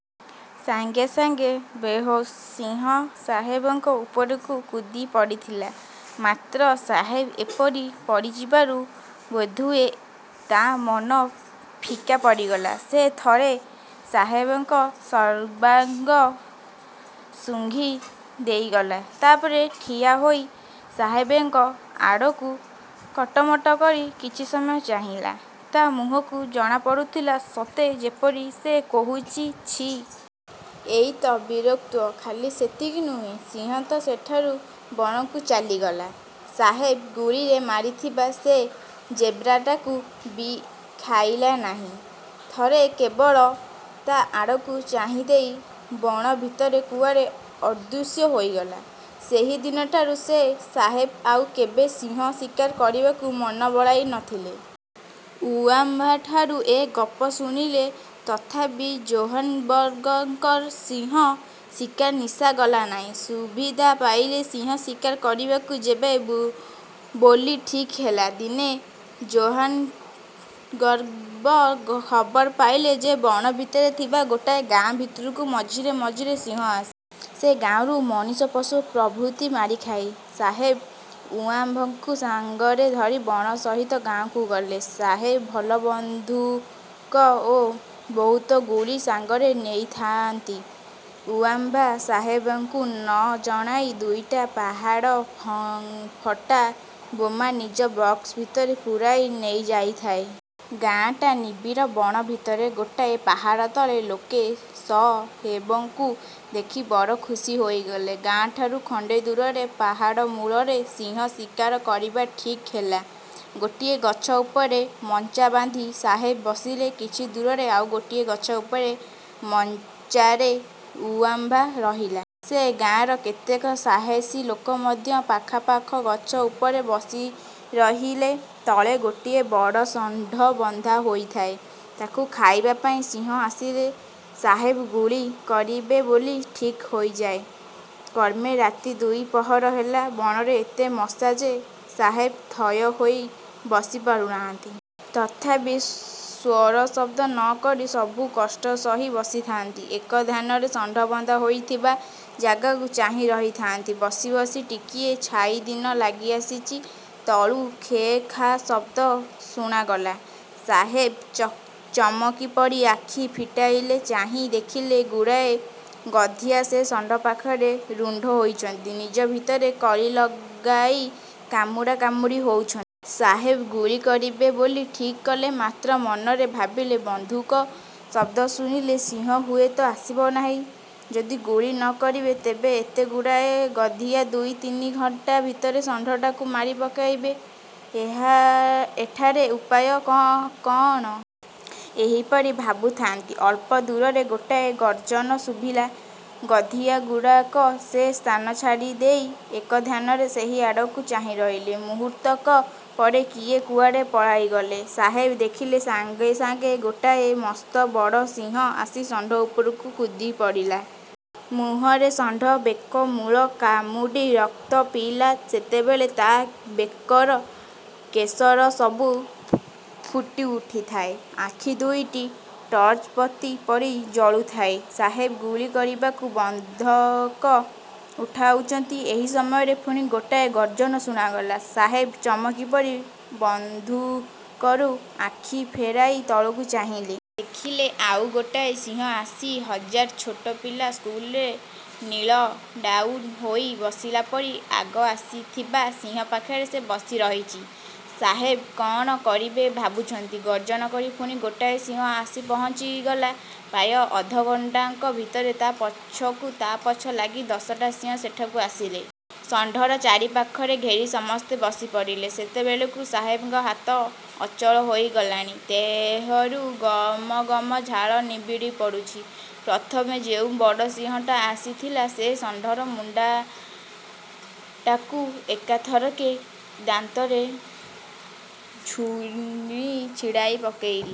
ସାଙ୍ଗେସାଙ୍ଗେ ବେହୋସ। ସିଂହ ସାହେବଙ୍କ ଉପରକୁ କୁଦି ପଡ଼ିଥିଲା; ମାତ୍ର ସାହେବ ଏପରି ପଡ଼ିଯିବାରୁ ବୋଧହୁଏ ତା' ମନ ଫିକା ପଡ଼ିଗଲା। ସେ ଥରେ ସାହେବଙ୍କ ସର୍ବାଙ୍ଗ ଶୁଙ୍ଘି ଦେଇଗଲା, ତା'ପରେ ଠିଆହୋଇ ସାହେବଙ୍କ ଆଡ଼କୁ କଟମଟ କରି କିଛି ସମୟ ଚାହିଁଲା। ତା' ମୁହଁରୁ ଜଣାପଡ଼ୁଥିଲା, ସତେ ଯେପରି ସେ କହୁଛି, 'ଛି! ଏଇ ତ ବୀରତ୍ୱ! ' ଖାଲି ସେତିକି ନୁହେଁ। ସିଂହ ତ ସେଠାରୁ ବଣକୁ ଚାଲିଗଲା। ସାହେବ ଗୁଳିରେ ମାରିଥିବା ସେ ଜେବ୍ରାଟାକୁ ବି ଖାଇଲା ନାହିଁ। ଥରେ କେବଳ ତା' ଆଡ଼କୁ ଚାହିଁଦେଇ ବଣ ଭିତରେ କୁଆଡ଼େ ଅଦୃଶ୍ୟ ହୋଇଗଲା। ସେହିଦିନଠାରୁ ସେ ସାହେବ ଆଉ କେବେ ସିଂହ ଶିକାର କରିବାକୁ ମନ ବଳାଇ ନ ଥିଲେ। ଉଆମ୍ବାଠାରୁ ଏ ଗପ ଶୁଣିଲେ, ତଥାପି ଜୋହାନ୍ସବର୍ଗଙ୍କର ସିଂହ ଶିକାର ନିଶା ଗଲା ନାହିଁ। ସୁବିଧା ପାଇଲେ ସିଂହ ଶିକାର କରିବାକୁ ଯିବେ ବୋଲି ଠିକ୍ ହେଲା। ଦିନେ ଜୋହାନ୍ସବର୍ଗ ଖବର ପାଇଲେ ଯେ, ବଣ ଭିତରେ ଥିବା ଗୋଟାଏ ଗାଁ ଭିତରକୁ ମଝିରେ ମଝିରେ ସିଂହ ଆସେ। ସେ ଗାଁରୁ ମଣିଷ, ପଶୁ ପ୍ରଭୁତି ମାରି ଖାଏ। ସାହେବ ଉଆମ୍ବାକୁ ସାଙ୍ଗରେ ଧରି ବଣର ସେହି ଗାଁକୁ ଗଲେ। ସାହେବ ଭଲ ବନ୍ଧୁକ ଓ ବହୁତ ଗୁଳି ସାଙ୍ଗରେ ନେଇଥାଆନ୍ତି। ଉଆମ୍ବା ସାହେବଙ୍କୁ ନ ଜଣାଇ ଦୁଇଟା ପାହାଡ଼ ଫଟା ବୋମା ନିଜ ବକ୍ସ ଭିତରେ ପୂରାଇ ନେଇଯାଇଥାଏ। ଗାଆଁଟା ନିବିଡ଼ ବଣ ଭିତରେ ଗୋଟାଏ ପାହାଡ଼ ତଳେ। ଲୋକେ ସ। ହେବଙ୍କୁ ଦେଖି ବଡ଼ ଖୁସି ହୋଇଗଲେ। ଗାଁ ଠାରୁ ଖଣ୍ଡେଦୂରରେ ପାହାଡ଼ମୂଳରେ ସିଂହ ଶିକାର କରିବା ଠିକ୍ ହେଲା। ଗୋଟିଏ ଗଛ ଉପରେ ମଞ୍ଚା ବାନ୍ଧି ସାହେବ ବସିଲେ। କିଛି ଦୂରରେ ଆଉ ଗୋଟିଏ ଗଛ ଉପରେ ମଞ୍ଚାରେ ଉଆମ୍ବା ରହିଲା। ସେ ଗାଆଁର କେତେକ ସାହସୀ ଲୋକ ମଧ୍ୟ ଆଖପାଖ ଗଛ ଉପରେ ବସିରହିଲେ। ତଳେ ଗୋଟିଏ ବଡ଼ ଷଣ୍ଢ ବନ୍ଧା ହୋଇଥାଏ। ତାକୁ ଖାଇବା ପାଇଁ ସିଂହ ଆସିଲେ, ସାହେବ ଗୁଳି କରିବେ ବୋଲି ଠିକ୍ ହୋଇଥାଏ। କ୍ରମେ ରାତି ଦୁଇ ପହର ହେଲା। ବଣରେ ଏତେ ମଶା ଯେ, ସାହେବ ଥୟ ହୋଇ ବସିପାରୁନାହାନ୍ତି।। ତଥାପି ସ୍ୱରଶବ୍ଦ ନ କରି ସବୁ କଷ୍ଟ ସହି ବସିଥାଆନ୍ତି। ଏକଧ୍ୟାନରେ ଷଣ୍ଢ ବନ୍ଧା ହୋଇଥିବା ଜାଗାକୁ ଚାହିଁ ରହିଥାଆନ୍ତି। ବସି ବସି ଟିକିଏ ଛାଇଦିନ ଲାଗିଆସିଛି; ତଳୁ ଖେଁ ଖାଁ ଶବ୍ଦ ଶୁଣାଗଲା। ସାହେବ ଚମକି ପଡ଼ି ଆଖି ଫିଟାଇଲେ। ଚାହିଁ ଦେଖିଲେ, ଗୁଡ଼ାଏ ଗଧିଆ ସେ ଷଣ୍ଢ ପାଖରେ ରୁଣ୍ଡ ହୋଇଛନ୍ତି; ନିଜ ଭିତରେ କଳି ଲଗାଇ କାମୁଡ଼ା କାମୁଡ଼ି ହେଉଛନ୍ତି। ସାହେବ ଗୁଳି କରିବେ ବୋଲି ଠିକ୍ କଲେ; ମାତ୍ର ମନରେ ଭାବିଲେ, ବନ୍ଧୁକ ଶବ୍ଦ ଶୁଣିଲେ ସିଂହ ହୁଏତ ଆସିବ ନାହିଁ। ଯଦି ଗୁଳି ନ କରିବେ, ତେବେ ଏତେଗୁଡ଼ାଏ ଗଧିଆ ଦୁଇ ତିନି ଘଣ୍ଟା ଭିତରେ ଷଣ୍ଢଟାକୁ ମାରି ଖାଇଯିବେ। ଏଠାରେ ଉପାୟ କଅଣ? ଏହିପରି ଭାବୁଥାଆନ୍ତି, ଅଳ୍ପ ଦୂରରେ ଗୋଟାଏ ଗର୍ଜନ ଶୁଭିଲା। ଗଧିଆଗୁଡ଼ାକ ସେ ସ୍ଥାନ ଛାଡ଼ିଦେଇ ଏକଧ୍ୟାନରେ ସେହି ଆଡ଼କୁ ଚାହିଁ ରହିଲେ। ମୁହୂର୍ତ୍ତକ ପରେ କିଏ କୁଆଡ଼େ ପଳାଇଗଲେ। ସାହେବ ଦେଖିଲେ, ସାଙ୍ଗେ ସାଙ୍ଗେ ଗୋଟାଏ ମସ୍ତ ବଡ଼ ସିଂହ ଆସି ଷଣ୍ଢ ଉପରକୁ କୁଦି ପଡ଼ିଲା। ମୁହଁରେ ଷଣ୍ଢ ବେକ ମୂଳ କାମୁଡ଼ି ରକ୍ତ ପିଇଲା। ସେତେବେଳେ ତା' ବେକର କେଶରସବୁ ଫୁଲି ଉଠିଥାଏ, ଆଖି ଦୁଇଟା ଟର୍ଚ୍ଚବତୀ ପରି ଜଳୁଥାଏ। ସାହେବ ଗୁଳି କରିବାକୁ ବନ୍ଧୁକ ଉଠାଉଚନ୍ତି, ଏହି ସମୟରେ ପୁଣି ଗୋଟାଏ ଗର୍ଜନ ଶୁଣାଗଲା। ସାହେବ ଚମକି ପଡ଼ି ବନ୍ଧୁକରୁ ଆଖି ଫେରାଇ ତଳକୁ ଚାହିଁଲେ। ଦେଖିଲେ, ଆଉ ଗୋଟାଏ ସିଂହ ଆସି ହଜାର। ଛୋଟ ପିଲା ସ୍କୁଲରେ 'ନୀଲ ଡାଉନ ' ହୋଇ ବସିଲା ପରି ଆଗ ଆସିଥିବା ସିଂହ ପାଖରେ ସେ ବସିରହିଛି। ସାହେବ କଅଣ କରିବେ ଭାବୁଛନ୍ତି-ଗର୍ଜନ କରି ପୁଣି ଗୋଟାଏ ସିଂହ ଆସି ପହଞ୍ଚିଗଲା। ପ୍ରାୟ ଅଧଘଣ୍ଟାକ ଭିତରେ ତା' ପଛକୁ ତା' ପଛ ଲାଗି ଦଶଟା ସିଂହ ସେଠାକୁ ଆସିଲେ-। ଷଣ୍ଢର ଚାରିପାଖରେ ଘେରି ସମସ୍ତେ ବସିପଡ଼ିଲେ। ସେତେବେଳକୁ ସାହେବଙ୍କ ହାତ ଅଚଳ ହୋଇଗଲାଣି। ଦେହରୁ ଗମଗମ ଝାଳ ନିଗିଡ଼ି ପଡ଼ୁଛି। ପ୍ରଥମେ ଯେଉଁ ବଡ଼ ସିଂହଟା ଆସିଥିଲା, ସେ ଷଣ୍ଢର ମୁଣ୍ଡଟାକୁ ଏକାଥରକେ ଦାନ୍ତରେ ଝୁଣି ଛିଡ଼ାଇ ପକାଇଲ।